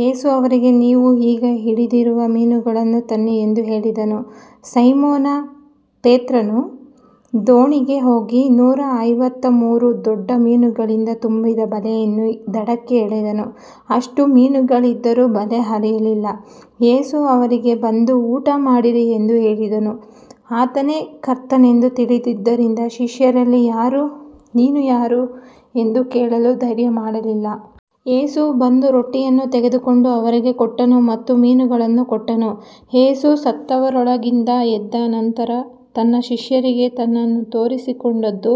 ಯೇಸು ಅವರಿಗೆ, ನೀವು ಈಗ ಹಿಡಿದಿರುವ ಮೀನುಗಳನ್ನು ತನ್ನಿ ಎಂದು ಹೇಳಿದನು. ಸೈಮೋನ ಪೇತ್ರನು ದೋಣಿಗೆ ಹೋಗಿ ನೂರ ಐವತ್ತಮೂರು ದೊಡ್ಡ ಮೀನುಗಳಿಂದ ತುಂಬಿದ ಬಲೆಯನ್ನು ದಡಕ್ಕೆ ಎಳೆದನು. ಅಷ್ಟು ಮೀನುಗಳಿದ್ದರೂ ಬಲೆ ಹರಿಯಲಿಲ್ಲ. ಯೇಸು ಅವರಿಗೆ, ಬಂದು ಊಟಮಾಡಿರಿ ಎಂದು ಹೇಳಿದನು. ಆತನೇ ಕರ್ತನೆಂದು ತಿಳಿದಿದ್ದರಿಂದ ಶಿಷ್ಯರಲ್ಲಿ ಯಾರೂ, ನೀನು ಯಾರು ಎಂದು ಕೇಳಲು ಧೈರ್ಯ ಮಾಡಲಿಲ್ಲ. ಯೇಸು ಬಂದು ರೊಟ್ಟಿಯನ್ನು ತೆಗೆದುಕೊಂಡು ಅವರಿಗೆ ಕೊಟ್ಟನು ಮತ್ತು ಮೀನುಗಳನ್ನೂ ಕೊಟ್ಟನು. ಯೇಸು ಸತ್ತವರೊಳಗಿಂದ ಎದ್ದ ನಂತರ ತನ್ನ ಶಿಷ್ಯರಿಗೆ ತನ್ನನ್ನು ತೋರಿಸಿಕೊಂಡದ್ದು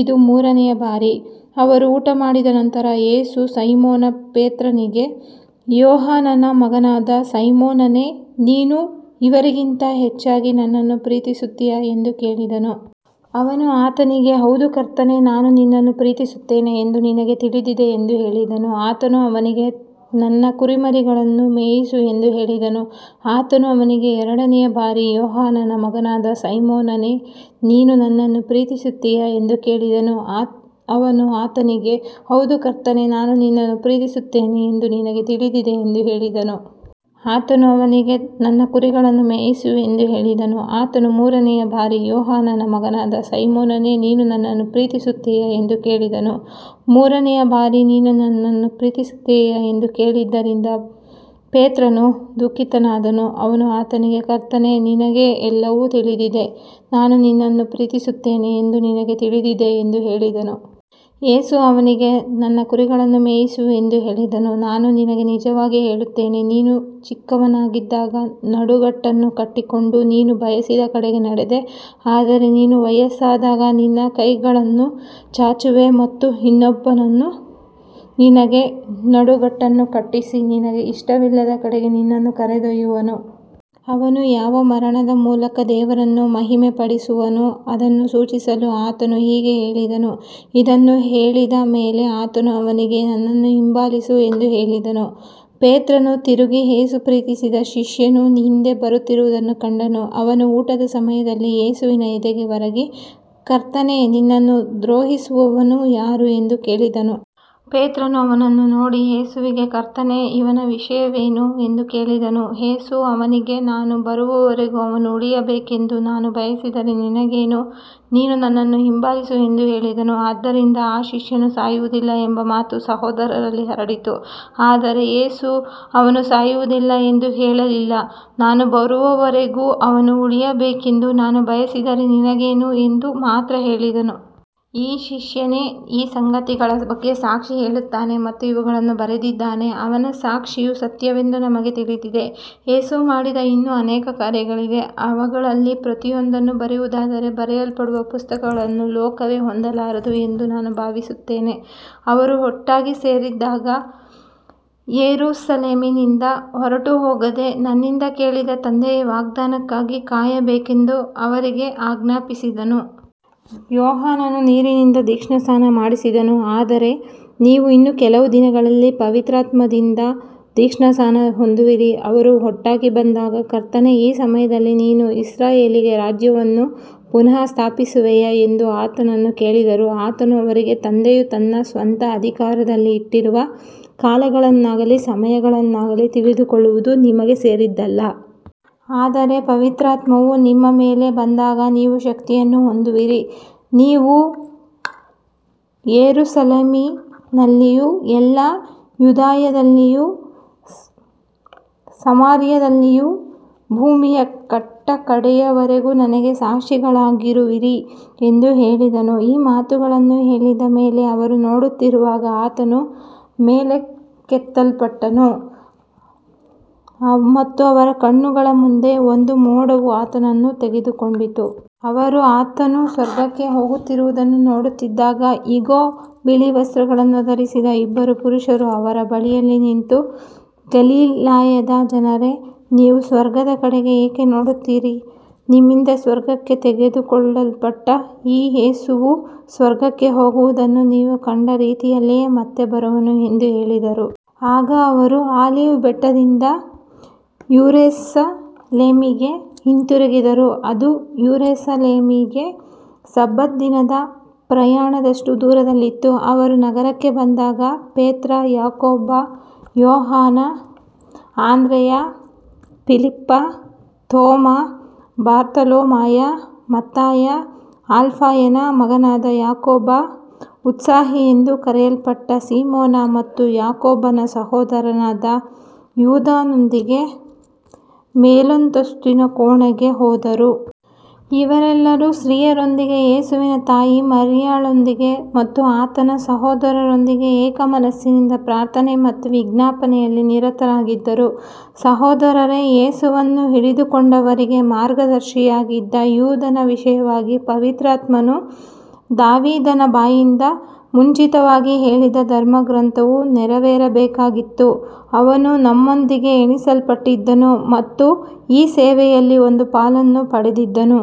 ಇದು ಮೂರನೆಯ ಬಾರಿ. ಅವರು ಊಟಮಾಡಿದ ನಂತರ ಯೇಸು ಸೈಮೋನ ಪೇತ್ರನಿಗೆ, ಯೋಹಾನನ ಮಗನಾದ ಸೈಮೋನನೇ, ನೀನು ಇವರಿಗಿಂತ ಹೆಚ್ಚಾಗಿ ನನ್ನನ್ನು ಪ್ರೀತಿಸುತ್ತೀಯಾ ಎಂದು ಕೇಳಿದನು. ಅವನು ಆತನಿಗೆ, ಹೌದು ಕರ್ತನೇ, ನಾನು ನಿನ್ನನ್ನು ಪ್ರೀತಿಸುತ್ತೇನೆ ಎಂದು ನಿನಗೆ ತಿಳಿದಿದೆ ಎಂದು ಹೇಳಿದನು. ಆತನು ಅವನಿಗೆ, ನನ್ನ ಕುರಿಮರಿಗಳನ್ನು ಮೇಯಿಸು ಎಂದು ಹೇಳಿದನು. ಆತನು ಅವನಿಗೆ ಎರಡನೆಯ ಬಾರಿ, ಯೋಹಾನನ ಮಗನಾದ ಸೈಮೋನನೇ, ನೀನು ನನ್ನನ್ನು ಪ್ರೀತಿಸುತ್ತೀಯಾ ಎಂದು ಕೇಳಿದನು. ಅವನು ಆತನಿಗೆ, ಹೌದು ಕರ್ತನೇ, ನಾನು ನಿನ್ನನ್ನು ಪ್ರೀತಿಸುತ್ತೇನೆ ಎಂದು ನಿನಗೆ ತಿಳಿದಿದೆ ಎಂದು ಹೇಳಿದನು. ಆತನು ಅವನಿಗೆ, ನನ್ನ ಕುರಿಗಳನ್ನು ಮೇಯಿಸು ಎಂದು ಹೇಳಿದನು. ಆತನು ಮೂರನೆಯ ಬಾರಿ, ಯೋಹಾನನ ಮಗನಾದ ಸೈಮೋನನೇ, ನೀನು ನನ್ನನ್ನು ಪ್ರೀತಿಸುತ್ತೀಯಾ ಎಂದು ಕೇಳಿದನು. ಮೂರನೆಯ ಬಾರಿ ನೀನು ನನ್ನನ್ನು ಪ್ರೀತಿಸುತ್ತೀಯಾ ಎಂದು ಕೇಳಿದ್ದರಿಂದ ಪೇತ್ರನು ದುಃಖಿತನಾದನು. ಅವನು ಆತನಿಗೆ, ಕರ್ತನೇ, ನಿನಗೆ ಎಲ್ಲವೂ ತಿಳಿದಿದೆ, ನಾನು ನಿನ್ನನ್ನು ಪ್ರೀತಿಸುತ್ತೇನೆ ಎಂದು ನಿನಗೆ ತಿಳಿದಿದೆ ಎಂದು ಹೇಳಿದನು. ಯೇಸು ಅವನಿಗೆ, ನನ್ನ ಕುರಿಗಳನ್ನು ಮೇಯಿಸು ಎಂದು ಹೇಳಿದನು. ನಾನು ನಿನಗೆ ನಿಜವಾಗಿ ಹೇಳುತ್ತೇನೆ, ನೀನು ಚಿಕ್ಕವನಾಗಿದ್ದಾಗ ನಡುಗಟ್ಟನ್ನು ಕಟ್ಟಿಕೊಂಡು ನೀನು ಬಯಸಿದ ಕಡೆಗೆ ನಡೆದೆ, ಆದರೆ ನೀನು ವಯಸ್ಸಾದಾಗ ನಿನ್ನ ಕೈಗಳನ್ನು ಚಾಚುವೆ ಮತ್ತು ಇನ್ನೊಬ್ಬನು ನಿನಗೆ ನಡುಗಟ್ಟನ್ನು ಕಟ್ಟಿಸಿ, ನಿನಗೆ ಇಷ್ಟವಿಲ್ಲದ ಕಡೆಗೆ ನಿನ್ನನ್ನು ಕರೆದೊಯ್ಯುವನು. ಅವನು ಯಾವ ಮರಣದ ಮೂಲಕ ದೇವರನ್ನು ಮಹಿಮೆಪಡಿಸುವನೋ ಅದನ್ನು ಸೂಚಿಸಲು ಆತನು ಹೀಗೆ ಹೇಳಿದನು. ಇದನ್ನು ಹೇಳಿದ ಮೇಲೆ ಆತನು ಅವನಿಗೆ, ನನ್ನನ್ನು ಹಿಂಬಾಲಿಸು ಎಂದು ಹೇಳಿದನು. ಪೇತ್ರನು ತಿರುಗಿ ಯೇಸು ಪ್ರೀತಿಸಿದ ಶಿಷ್ಯನು ಹಿಂದೆ ಬರುತ್ತಿರುವುದನ್ನು ಕಂಡನು. ಅವನು ಊಟದ ಸಮಯದಲ್ಲಿ ಯೇಸುವಿನ ಎದೆಗೆ ಒರಗಿ, ಕರ್ತನೇ, ನಿನ್ನನ್ನು ದ್ರೋಹಿಸುವವನು ಯಾರು ಎಂದು ಕೇಳಿದವನು. ಪೇತ್ರನು ಅವನನ್ನು ನೋಡಿ ಯೇಸುವಿಗೆ, ಕರ್ತನೇ, ಇವನ ವಿಷಯವೇನು ಎಂದು ಕೇಳಿದನು. ಯೇಸು ಅವನಿಗೆ, ನಾನು ಬರುವವರೆಗೂ ಅವನು ಉಳಿಯಬೇಕೆಂದು ನಾನು ಬಯಸಿದರೆ ನಿನಗೇನು, ನೀನು ನನ್ನನ್ನು ಹಿಂಬಾಲಿಸು ಎಂದು ಹೇಳಿದನು. ಆದ್ದರಿಂದ ಆ ಶಿಷ್ಯನು ಸಾಯುವುದಿಲ್ಲ ಎಂಬ ಮಾತು ಸಹೋದರರಲ್ಲಿ ಹರಡಿತು. ಆದರೆ ಯೇಸು ಅವನು ಸಾಯುವುದಿಲ್ಲ ಎಂದು ಹೇಳಲಿಲ್ಲ, ನಾನು ಬರುವವರೆಗೂ ಅವನು ಉಳಿಯಬೇಕೆಂದು ನಾನು ಬಯಸಿದರೆ ನಿನಗೇನು ಎಂದು ಮಾತ್ರ ಹೇಳಿದನು. ಈ ಶಿಷ್ಯನೇ ಈ ಸಂಗತಿಗಳ ಬಗ್ಗೆ ಸಾಕ್ಷಿ ಹೇಳುತ್ತಾನೆ ಮತ್ತು ಇವುಗಳನ್ನು ಬರೆದಿದ್ದಾನೆ. ಅವನ ಸಾಕ್ಷಿಯು ಸತ್ಯವೆಂದು ನಮಗೆ ತಿಳಿದಿದೆ. ಯೇಸು ಮಾಡಿದ ಇನ್ನೂ ಅನೇಕ ಕಾರ್ಯಗಳಿವೆ. ಅವುಗಳಲ್ಲಿ ಪ್ರತಿಯೊಂದನ್ನೂ ಬರೆಯುವುದಾದರೆ, ಬರೆಯಲ್ಪಡುವ ಪುಸ್ತಕಗಳನ್ನು ಲೋಕವೇ ಹೊಂದಲಾರದು ಎಂದು ನಾನು ಭಾವಿಸುತ್ತೇನೆ. ಅವರು ಒಟ್ಟಾಗಿ ಸೇರಿದ್ದಾಗ, ಯೆರೂಸಲೇಮಿನಿಂದ ಹೊರಟುಹೋಗದೆ, ನನ್ನಿಂದ ಕೇಳಿದ ತಂದೆಯ ವಾಗ್ದಾನಕ್ಕಾಗಿ ಕಾಯಬೇಕೆಂದು ಅವರಿಗೆ ಆಜ್ಞಾಪಿಸಿದನು. ಯೋಹಾನನು ನೀರಿನಿಂದ ದೀಕ್ಷಾಸ್ನಾನ ಮಾಡಿಸಿದನು, ಆದರೆ ನೀವು ಇನ್ನೂ ಕೆಲವು ದಿನಗಳಲ್ಲಿ ಪವಿತ್ರಾತ್ಮದಿಂದ ದೀಕ್ಷಾಸ್ನಾನ ಹೊಂದುವಿರಿ. ಅವರು ಒಟ್ಟಾಗಿ ಬಂದಾಗ, ಕರ್ತನೇ, ಈ ಸಮಯದಲ್ಲಿ ನೀನು ಇಸ್ರಾಯೇಲಿಗೆ ರಾಜ್ಯವನ್ನು ಪುನಃ ಸ್ಥಾಪಿಸುವೆಯಾ ಎಂದು ಆತನನ್ನು ಕೇಳಿದರು. ಆತನು ಅವರಿಗೆ, ತಂದೆಯು ತನ್ನ ಸ್ವಂತ ಅಧಿಕಾರದಲ್ಲಿ ಇಟ್ಟಿರುವ ಕಾಲಗಳನ್ನಾಗಲಿ ಸಮಯಗಳನ್ನಾಗಲಿ ತಿಳಿದುಕೊಳ್ಳುವುದು ನಿಮಗೆ ಸೇರಿದ್ದಲ್ಲ. ಆದರೆ ಪವಿತ್ರಾತ್ಮವು ನಿಮ್ಮ ಮೇಲೆ ಬಂದಾಗ ನೀವು ಶಕ್ತಿಯನ್ನು ಹೊಂದುವಿರಿ. ನೀವು ಯೆರೂಸಲೇಮಿನಲ್ಲಿಯೂ ಎಲ್ಲಾ ಯೂದಾಯದಲ್ಲಿಯೂ ಸಮಾರ್ಯದಲ್ಲಿಯೂ ಭೂಮಿಯ ಕಟ್ಟಕಡೆಯವರೆಗೂ ನನಗೆ ಸಾಕ್ಷಿಗಳಾಗಿರುವಿರಿ ಎಂದು ಹೇಳಿದನು. ಈ ಮಾತುಗಳನ್ನು ಹೇಳಿದ ಮೇಲೆ ಅವರು ನೋಡುತ್ತಿರುವಾಗ ಆತನು ಮೇಲಕ್ಕೆತ್ತಲ್ಪಟ್ಟನು ಮತ್ತು ಅವರ ಕಣ್ಣುಗಳ ಮುಂದೆ ಒಂದು ಮೋಡವು ಆತನನ್ನು ತೆಗೆದುಕೊಂಡಿತು. ಅವರು ಆತನು ಸ್ವರ್ಗಕ್ಕೆ ಹೋಗುವುದನ್ನು ನೋಡುತ್ತಿದ್ದಾಗ, ಇಗೋ, ಬಿಳಿ ವಸ್ತ್ರಗಳನ್ನು ಧರಿಸಿದ ಇಬ್ಬರು ಪುರುಷರು ಅವರ ಬಳಿಯಲ್ಲಿ ನಿಂತು, ಗಲಿಲಾಯದ ಜನರೇ, ನೀವು ಸ್ವರ್ಗದ ಕಡೆಗೆ ಏಕೆ ನೋಡುತ್ತೀರಿ. ನಿಮ್ಮಿಂದ ಸ್ವರ್ಗಕ್ಕೆ ತೆಗೆದುಕೊಳ್ಳಲ್ಪಟ್ಟ ಈ ಯೇಸುವು ಸ್ವರ್ಗಕ್ಕೆ ಹೋಗುವುದನ್ನು ನೀವು ಕಂಡ ರೀತಿಯಲ್ಲಿಯೇ ಮತ್ತೆ ಬರುವನು ಎಂದು ಹೇಳಿದರು. ಆಗ ಅವರು ಆಲಿವ್ ಬೆಟ್ಟದಿಂದ ಯೆರೂಸಲೇಮಿಗೆ ಹಿಂದಿರುಗಿದರು. ಅದು ಯೆರೂಸಲೇಮಿಗೆ ಸಬ್ಬತ್ ದಿನದ ಪ್ರಯಾಣದಷ್ಟು ದೂರದಲ್ಲಿತ್ತು. ಅವರು ನಗರಕ್ಕೆ ಬಂದಾಗ ಪೇತ್ರ, ಯಾಕೋಬ, ಯೋಹಾನ, ಅಂದ್ರೆಯ, ಫಿಲಿಪ್ಪ, ತೋಮ, ಬಾರ್ತಲೋಮಾಯ, ಮತ್ತಾಯ, ಅಲ್ಫಾಯನ ಮಗನಾದ ಯಾಕೋಬ, ಉತ್ಸಾಹಿಯೆಂದು ಕರೆಯಲ್ಪಟ್ಟ ಸಿಮೋನ ಮತ್ತು ಯಾಕೋಬನ ಸಹೋದರನಾದ ಯೂದನೊಂದಿಗೆ ಮೇಲಂತಸ್ತಿನ ಕೋಣೆಗೆ ಹೋದರು. ಇವರೆಲ್ಲರೂ ಸ್ತ್ರೀಯರೊಂದಿಗೆ, ಯೇಸುವಿನ ತಾಯಿ ಮರಿಯಳೊಂದಿಗೆ ಮತ್ತು ಆತನ ಸಹೋದರರೊಂದಿಗೆ ಏಕಮನಸ್ಸಿನಿಂದ ಪ್ರಾರ್ಥನೆ ಮತ್ತು ವಿಜ್ಞಾಪನೆಯಲ್ಲಿ ನಿರತರಾಗಿದ್ದರು. ಸಹೋದರರೇ, ಯೇಸುವನ್ನು ಹಿಡಿದುಕೊಂಡವರಿಗೆ ಮಾರ್ಗದರ್ಶಿಯಾಗಿದ್ದ ಯೂದನ ವಿಷಯವಾಗಿ ಪವಿತ್ರಾತ್ಮನು ದಾವೀದನ ಬಾಯಿಂದ ಮುಂಚಿತವಾಗಿ ಹೇಳಿದ ಧರ್ಮಗ್ರಂಥವು ನೆರವೇರಬೇಕಾಗಿತ್ತು. ಅವನು ನಮ್ಮೊಂದಿಗೆ ಎಣಿಸಲ್ಪಟ್ಟಿದ್ದನು ಮತ್ತು ಈ ಸೇವೆಯಲ್ಲಿ ಒಂದು ಪಾಲನ್ನು ಪಡೆದಿದ್ದನು.